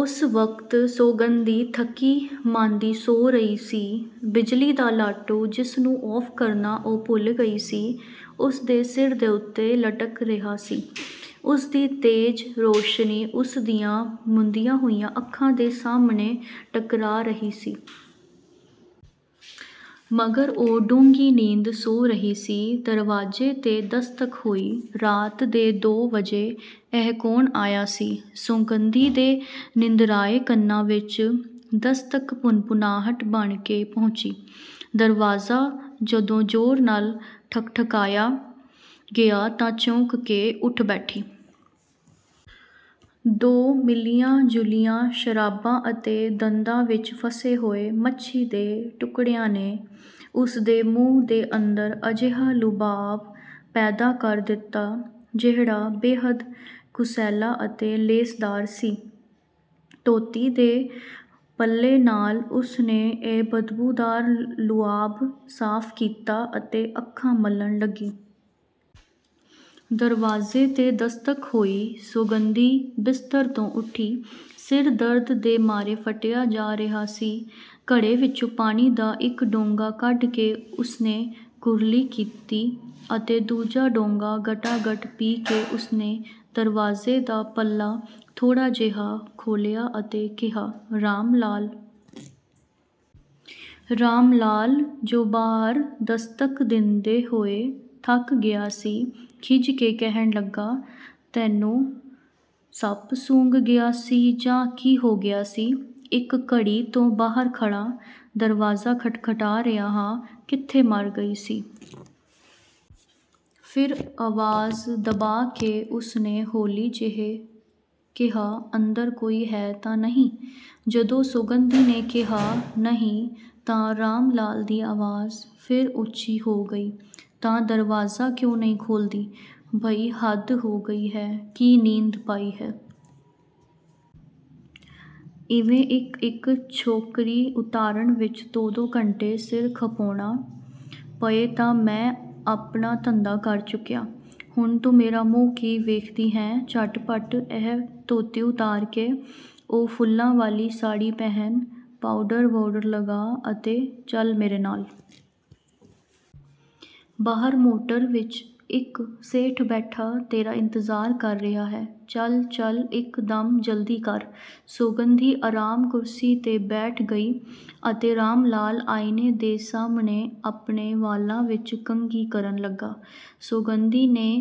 ਉਸ ਵਕਤ ਸੌਗੰਧੀ ਥੱਕੀ ਮਾਂਦੀ ਸੌਂ ਰਹੀ ਸੀ। ਬਿਜਲੀ ਦਾ ਲਾਟੂ, ਜਿਸ ਨੂੰ ਆਫ਼ ਕਰਨਾ ਉਹ ਭੁੱਲ ਗਈ ਸੀ, ਉਸਦੇ ਸਿਰ ਦੇ ਉੱਤੇ ਲਟਕ ਰਿਹਾ ਸੀ। ਉਸਦੀ ਤੇਜ਼ ਰੌਸ਼ਨੀ ਉਸਦੀਆਂ ਮੁੰਦੀਆਂ ਹੋਈਆਂ ਅੱਖਾਂ ਦੇ ਸਾਹਮਣੇ ਟਕਰਾ ਰਹੀ ਸੀ। ਮਗਰ ਉਹ ਡੂੰਘੀ ਨੀਂਦ ਸੌਂ ਰਹੀ ਸੀ। ਦਰਵਾਜ਼ੇ ਤੇ ਦਸਤਕ ਹੋਈ। ਰਾਤ ਦੇ ਦੋ ਵਜੇ ਇਹ ਕੌਣ ਆਇਆ ਸੀ? ਸੌਗੰਧੀ ਦੇ ਨਿੰਦਰਿਆਏ ਕੰਨਾਂ ਵਿੱਚ ਦਸਤਕ ਭੁਨਭੁਨਾਹਟ ਬਣ ਕੇ ਪਹੁੰਚੀ। ਦਰਵਾਜ਼ਾ ਜਦੋਂ ਜ਼ੋਰ ਨਾਲ ਠਕਠਕਾਇਆ ਗਿਆ ਤਾਂ ਚੌਂਕ ਕੇ ਉਠ ਬੈਠੀ। ਦੋ ਮਿਲੀਆਂ-ਜੁਲੀਆਂ ਸ਼ਰਾਬਾਂ ਅਤੇ ਦੰਦਾਂ ਵਿੱਚ ਫਸੇ ਹੋਏ ਮੱਛੀ ਦੇ ਟੁਕੜਿਆਂ ਨੇ ਉਸਦੇ ਮੂੰਹ ਦੇ ਅੰਦਰ ਅਜਿਹਾ ਲੁਆਬ ਪੈਦਾ ਕਰ ਦਿੱਤਾ ਜਿਹੜਾ ਬੇਹੱਦ ਕੁਸੈਲਾ ਅਤੇ ਲੇਸਦਾਰ ਸੀ। ਧੋਤੀ ਦੇ ਪੱਲੇ ਨਾਲ ਉਸਨੇ ਇਹ ਬਦਬੂਦਾਰ ਲੁਆਬ ਸਾਫ਼ ਕੀਤਾ ਅਤੇ ਅੱਖਾਂ ਮਲਣ ਲੱਗੀ। ਦਰਵਾਜ਼ੇ ਤੇ ਦਸਤਕ ਹੋਈ। ਸੌਗੰਧੀ ਬਿਸਤਰ ਤੋਂ ਉੱਠੀ। ਸਿਰ ਦਰਦ ਦੇ ਮਾਰੇ ਫੱਟਿਆ ਜਾ ਰਿਹਾ ਸੀ। ਘੜੇ ਵਿੱਚੋਂ ਪਾਣੀ ਦਾ ਇੱਕ ਡੋਂਗਾ ਕੱਢ ਕੇ ਉਸਨੇ ਕੁਰਲੀ ਕੀਤੀ ਅਤੇ ਦੂਜਾ ਡੋਂਗਾ ਗਟਾ ਗਟ ਪੀ ਕੇ ਉਸਨੇ ਦਰਵਾਜ਼ੇ ਦਾ ਪੱਲਾ ਥੋੜ੍ਹਾ ਜਿਹਾ ਖੋਲ੍ਹਿਆ ਅਤੇ ਕਿਹਾ, "ਰਾਮਲਾਲ?" ਰਾਮ ਲਾਲ, ਜੋ ਬਾਹਰ ਦਸਤਕ ਦਿੰਦੇ ਹੋਏ ਥੱਕ ਗਿਆ ਸੀ, ਖਿਝ ਕੇ ਕਹਿਣ ਲੱਗਾ, "ਤੈਨੂੰ ਸੱਪ ਸੂੰਘ ਗਿਆ ਸੀ ਜਾਂ ਕੀ ਹੋ ਗਿਆ ਸੀ? ਇੱਕ ਘੜੀ ਤੋਂ ਬਾਹਰ ਖੜਾ ਦਰਵਾਜ਼ਾ ਖਟਖਟਾ ਰਿਹਾ ਹਾਂ, ਕਿੱਥੇ ਮਰ ਗਈ ਸੀ?" ਫਿਰ ਆਵਾਜ਼ ਦਬਾ ਕੇ ਉਸਨੇ ਹੌਲੀ ਜਿਹੇ ਕਿਹਾ, "ਅੰਦਰ ਕੋਈ ਹੈ ਤਾਂ ਨਹੀਂ?" ਜਦੋਂ ਸੌਗੰਧੀ ਨੇ ਕਿਹਾ, "ਨਹੀਂ," ਤਾਂ ਰਾਮਲਾਲ ਦੀ ਆਵਾਜ਼ ਫਿਰ ਉੱਚੀ ਹੋ ਗਈ, "ਤਾਂ ਦਰਵਾਜ਼ਾ ਕਿਉਂ ਨਹੀਂ ਖੋਲ੍ਹਦੀ? ਭਈ ਹੱਦ ਹੋ ਗਈ ਹੈ, ਕੀ ਨੀਂਦ ਪਾਈ ਹੈ। ਇਵੇਂ ਇੱਕ ਇੱਕ ਛੋਕਰੀ ਉਤਾਰਨ ਵਿੱਚ ਦੋ ਦੋ ਘੰਟੇ ਸਿਰ ਖਪਾਉਣਾ ਪਏ ਤਾਂ ਮੈਂ ਆਪਣਾ ਧੰਦਾ ਕਰ ਚੁੱਕਿਆ। ਹੁਣ ਤੂੰ ਮੇਰਾ ਮੂੰਹ ਕੀ ਵੇਖਦੀ ਹੈਂ। ਝਟਪਟ ਇਹ ਧੋਤੀ ਉਤਾਰ ਕੇ ਉਹ ਫੁੱਲਾਂ ਵਾਲੀ ਸਾੜ੍ਹੀ ਪਹਿਨ, ਪਾਉਡਰ-ਵਾਉਡਰ ਲਗਾ ਅਤੇ ਚੱਲ ਮੇਰੇ ਨਾਲ਼। ਬਾਹਰ ਮੋਟਰ ਵਿੱਚ ਇੱਕ ਸੇਠ ਬੈਠਾ ਤੇਰਾ ਇੰਤਜ਼ਾਰ ਕਰ ਰਿਹਾ ਹੈ। ਚੱਲ ਚੱਲ ਇੱਕ ਦਮ ਜਲਦੀ ਕਰ।" ਸੌਗੰਧੀ ਆਰਾਮ ਕੁਰਸੀ ਤੇ ਬੈਠ ਗਈ ਅਤੇ ਰਾਮਲਾਲ ਆਈਨੇ ਦੇ ਸਾਹਮਣੇ ਆਪਣੇ ਵਾਲਾਂ ਵਿੱਚ ਕੰਘੀ ਕਰਨ ਲੱਗਾ। ਸੌਗੰਧੀ ਨੇ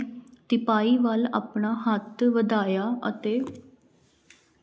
ਤਿਪਾਈ ਵੱਲ ਆਪਣਾ ਹੱਥ ਵਧਾਇਆ ਅਤੇ